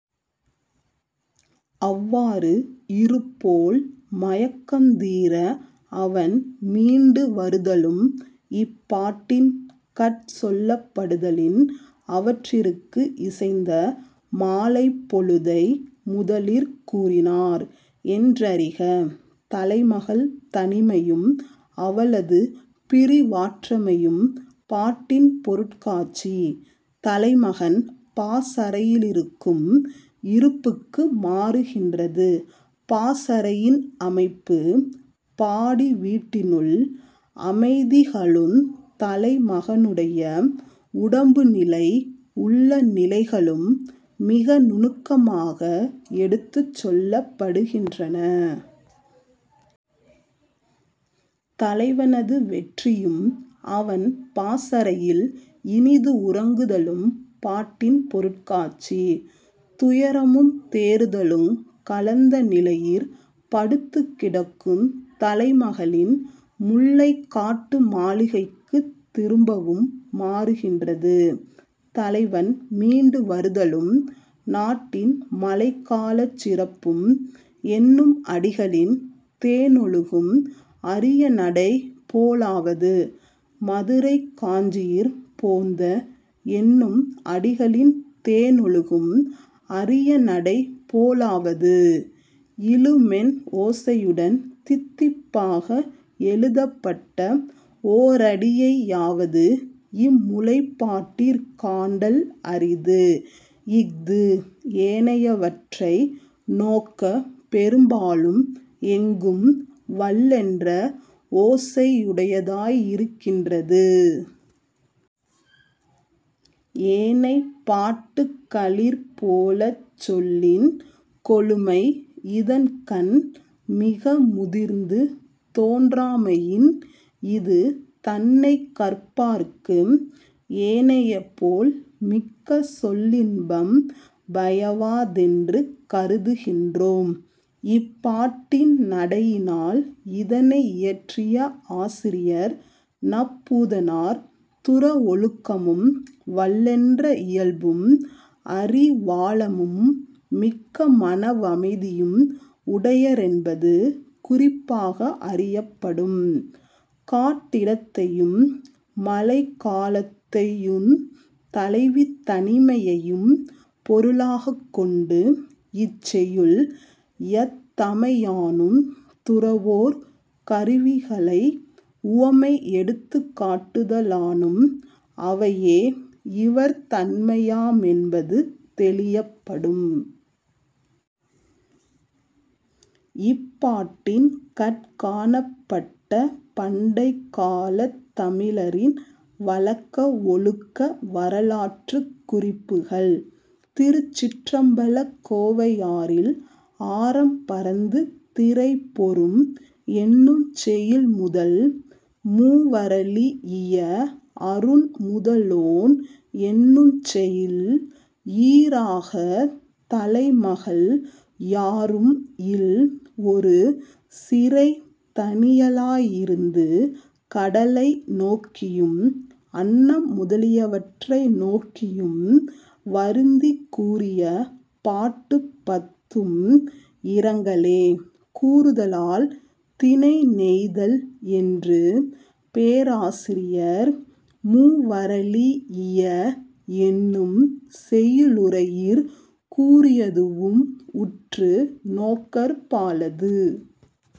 அவ்வாறு இருப்போள் மயக்கந்தீர அவன் மீண்டு வருதலும் இப்பாட்டின்கட் சொல்லப்படுதலின், அவற்றிற்கு இசைந்த மாலைப்பொழுதை முதலிற் கூறினார் என்றறிக. தலைமகள் தனிமையும் அவளது பிரிவாற்றாமையும் பாட்டின் பொருட்காட்சி தலைமகன் பாசறையிலிருக்கும் இருப்புக்கு மாறுகின்றது; பாசறையின் அமைப்பு பாடிவீட்டினுள் அமைதிகளுந், தலைமகனுடைய உடம்புநிலை உள்ள நிலைகளும் மிக நுணுக்கமாக எடுத்துச் சொல்லப்படுகின்றன. தலைவனது வெற்றியும், அவன் பாசறையில் இனிது உறங்குதலும் பாட்டின் பொருட்காட்சி துயரமுந் தேறுதலுங் கலந்த நிலையிற் படுத்துக் கிடக்குந் தலைமகளின் முல்லைக்காட்டு மாளிகைக்குத் திரும்பவும் மாறுகின்றது. தலைவன் மீண்டு வருதலு, ம், நாட்டின் மழைக்காலச் சிறப்பும் என்னும் அடிகளின் தேனொழுகும் அரியநடை போலாவது, மதுரைக்காஞ்சியிற் போந்த, என்னும் அடிகளின் தேனொழுகும் அரியநடை போலாவது இழுமென் ஓசையுடன் தித்திப்பாக எழுதப்பட்ட ஓரடியையாவது இம் முல்லைப்பாட்டிற் காண்டல் அரிது; இ·து ஏனையவற்றை நோக்கப் பெரும்பாலும் எங்கும் வல்லென்ற ஓசையுடையதாயிருக்கின்றது. ஏனைப் பாட்டுக்களிற் போலச் சொல்லின் கொழுமை இதன்கண் மிக முதிர்ந்து தோன்றாமையின், இது தன்னைக் கற்பார்க்கு ஏனையபோல் மிக்க சொல்லின்பம் பயவாதென்று கருதுகின்றோம். இப்பாட்டின் நடையினால் இதனை யியற்றிய ஆசிரியர் நப்பூதனார் துறவொழுக்கமும், வல்லென்ற இயல்பும், அறிவாழமும், மிக்க மனவமைதியும் உடையரென்பது குறிப்பாக அறியப்படும்; காட்டிடத்தையும், மழை காலத்தையுந், தலைவி தனிமையையும் பொருளாகக் கொண்டு இச்செய்யுள் யத்தமையானுந், துறவோர் கருவிகளை உவமை எடுத்துக்காட்டுதலானும் அவையே இவர் தன்மையாமென்பது தெளியப்படும். இப்பாட்டின்கட் காணப்பட்ட பண்டைக்காலத் தமிழரின் வழக்கவொழுக்க வரலாற்றுக் குறிப்புகள் திருச்சிற்றம்பலக் கோவையாரில், "ஆரம்பரந்து திரைபொரும்" என்னுஞ் செய்யுள்முதல் "மூவறழீஇய அருண்முதலோன்" என்னுஞ் செய்யுள் ஈறாகத் தலைமகள் யாரும் இல் ஒரு சிறைத் தனியளாயிருந்து கடலை நோக்கியும் அன்னம் முதலியவற்றை நோக்கியும் வருந்திக் கூறிய பாட்டுப் பத்தும் இரங்கலே கூறுதலால் 'திணைநெய்தல்' என்று பேராசிரியர் "மூவறழீஇய" என்னுஞ் செய்யுளுரையிற் கூறியதூஉம் உற்று நோக்கற்பாலது.